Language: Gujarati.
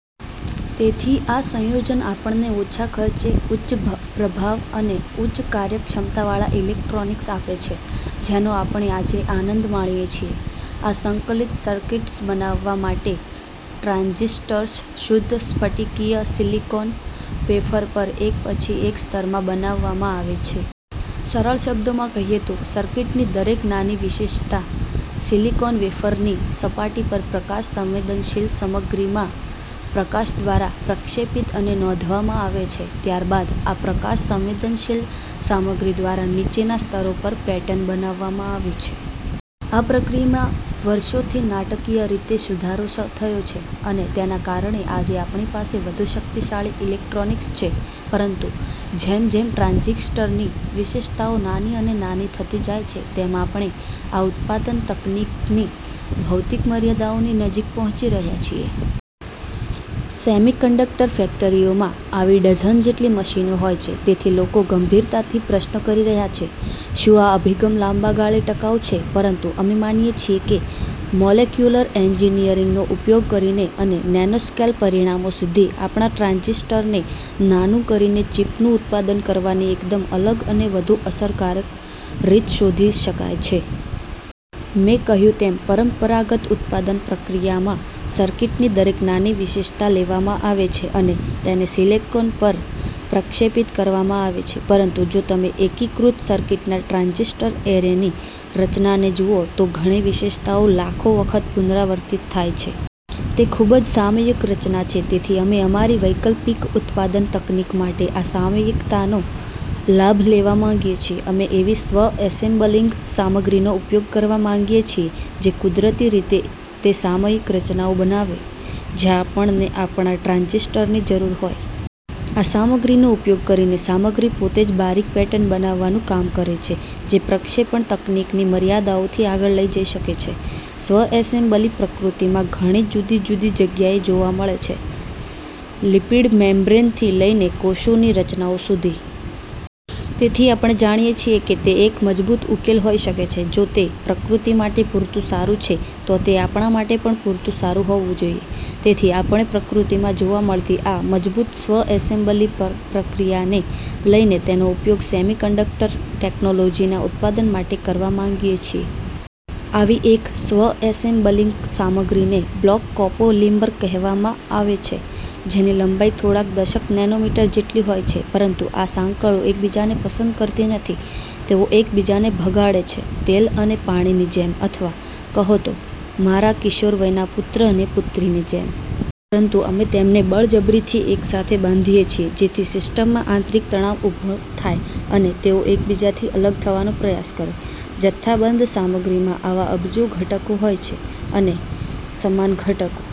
તેથી આ સંયોજન આપણને ઓછા ખર્ચે, ઉચ્ચ પ્રભાવ અને ઉચ્ચ કાર્યક્ષમતાવાળા ઇલેક્ટ્રોનિક્સ આપે છે, જેનો આપણે આજે આનંદ માણીએ છીએ. આ સંકલિત સર્કિટ્સ બનાવવા માટે, ટ્રાન્ઝિસ્ટર્સ શુદ્ધ સ્ફટિકીય સિલિકોન વેફર પર એક પછી એક સ્તરમાં બનાવવામાં આવે છે. સરળ શબ્દોમાં કહીએ તો, સર્કિટની દરેક નાની વિશેષતા સિલિકોન વેફરની સપાટી પર પ્રકાશ-સંવેદનશીલ સામગ્રીમાં પ્રકાશ દ્વારા પ્રક્ષેપિત અને નોંધવામાં આવે છે. ત્યારબાદ આ પ્રકાશ-સંવેદનશીલ સામગ્રી દ્વારા નીચેના સ્તરો પર પેટર્ન બનાવવામાં આવે છે. આ પ્રક્રિયામાં વર્ષોથી નાટકીય રીતે સુધારો થયો છે અને તેના કારણે આજે આપણી પાસે વધુ શક્તિશાળી ઇલેક્ટ્રોનિક્સ છે. પરંતુ જેમ જેમ ટ્રાન્ઝિસ્ટરની વિશેષતાઓ નાની અને નાની થતી જાય છે, તેમ આપણે આ ઉત્પાદન તકનીકની ભૌતિક મર્યાદાઓની નજીક પહોંચી રહ્યા છીએ. સેમિકન્ડક્ટર ફેક્ટરીઓમાં આવી ડઝન જેટલી મશીનો હોય છે. તેથી લોકો ગંભીરતાથી પ્રશ્ન કરી રહ્યા છે: શું આ અભિગમ લાંબા ગાળે ટકાઉ છે? પરંતુ અમે માનીએ છીએ કે મોલેક્યુલર એન્જિનિયરિંગનો ઉપયોગ કરીને અને નેનોસ્કેલ પરિમાણો સુધી આપણા ટ્રાન્ઝિસ્ટર્સને નાનું કરીને ચિપનું ઉત્પાદન કરવાની એકદમ અલગ અને વધુ અસરકારક રીત શોધી શકાય છે. મેં કહ્યું તેમ, પરંપરાગત ઉત્પાદન પ્રક્રિયામાં સર્કિટની દરેક નાની વિશેષતા લેવામાં આવે છે અને તેને સિલિકોન પર પ્રક્ષેપિત કરવામાં આવે છે. પરંતુ જો તમે એકીકૃત સર્કિટના ટ્રાન્ઝિસ્ટર એરેની રચનાને જુઓ, તો ઘણી વિશેષતાઓ લાખો વખત પુનરાવર્તિત થાય છે. તે ખૂબ જ સામયિક રચના છે. તેથી અમે અમારી વૈકલ્પિક ઉત્પાદન તકનીક માટે આ સામયિકતાનો લાભ લેવા માંગીએ છીએ. અમે એવી સ્વ-એસેમ્બલિંગ સામગ્રીનો ઉપયોગ કરવા માંગીએ છીએ, જે કુદરતી રીતે તે સામયિક રચનાઓ બનાવે, જ્યાં આપણને આપણા ટ્રાન્ઝિસ્ટર્સની જરૂર હોય. આ સામગ્રીનો ઉપયોગ કરીને, સામગ્રી પોતે જ બારીક પેટર્ન બનાવવાનું કામ કરે છે, જે પ્રક્ષેપણ તકનીકની મર્યાદાઓથી આગળ લઈ જઈ શકે છે. સ્વ-એસેમ્બલી પ્રકૃતિમાં ઘણી જુદી જુદી જગ્યાએ જોવા મળે છે, લિપિડ મેમ્બ્રેનથી લઈને કોષોની રચનાઓ સુધી. તેથી આપણે જાણીએ છીએ કે તે એક મજબૂત ઉકેલ હોઈ શકે છે. જો તે પ્રકૃતિ માટે પૂરતું સારું છે, તો તે આપણા માટે પણ પૂરતું સારું હોવું જોઈએ. તેથી આપણે પ્રકૃતિમાં જોવા મળતી આ મજબૂત સ્વ-એસેમ્બલી પ્રક્રિયાને લઈને તેનો ઉપયોગ સેમિકન્ડક્ટર ટેક્નોલોજીના ઉત્પાદન માટે કરવા માંગીએ છીએ. આવી એક સ્વ-એસેમ્બલિંગ સામગ્રીને બ્લોક કોપોલિમર કહેવામાં આવે છે, જેની લંબાઈ થોડાક દશક નેનોમીટર જેટલી હોય છે. પરંતુ આ સાંકળો એકબીજાને પસંદ કરતી નથી. તેઓ એકબીજાને ભગાડે છે, તેલ અને પાણીની જેમ અથવા, કહો તો, મારા કિશોરવયના પુત્ર અને પુત્રીની જેમ. પરંતુ અમે તેમને બળજબરીથી એકસાથે બાંધીએ છીએ, જેથી સિસ્ટમમાં આંતરિક તણાવ ઊભો થાય અને તેઓ એકબીજાથી અલગ થવાનો પ્રયાસ કરે. જથ્થાબંધ સામગ્રીમાં આવા અબજો ઘટકો હોય છે, અને સમાન ઘટકો...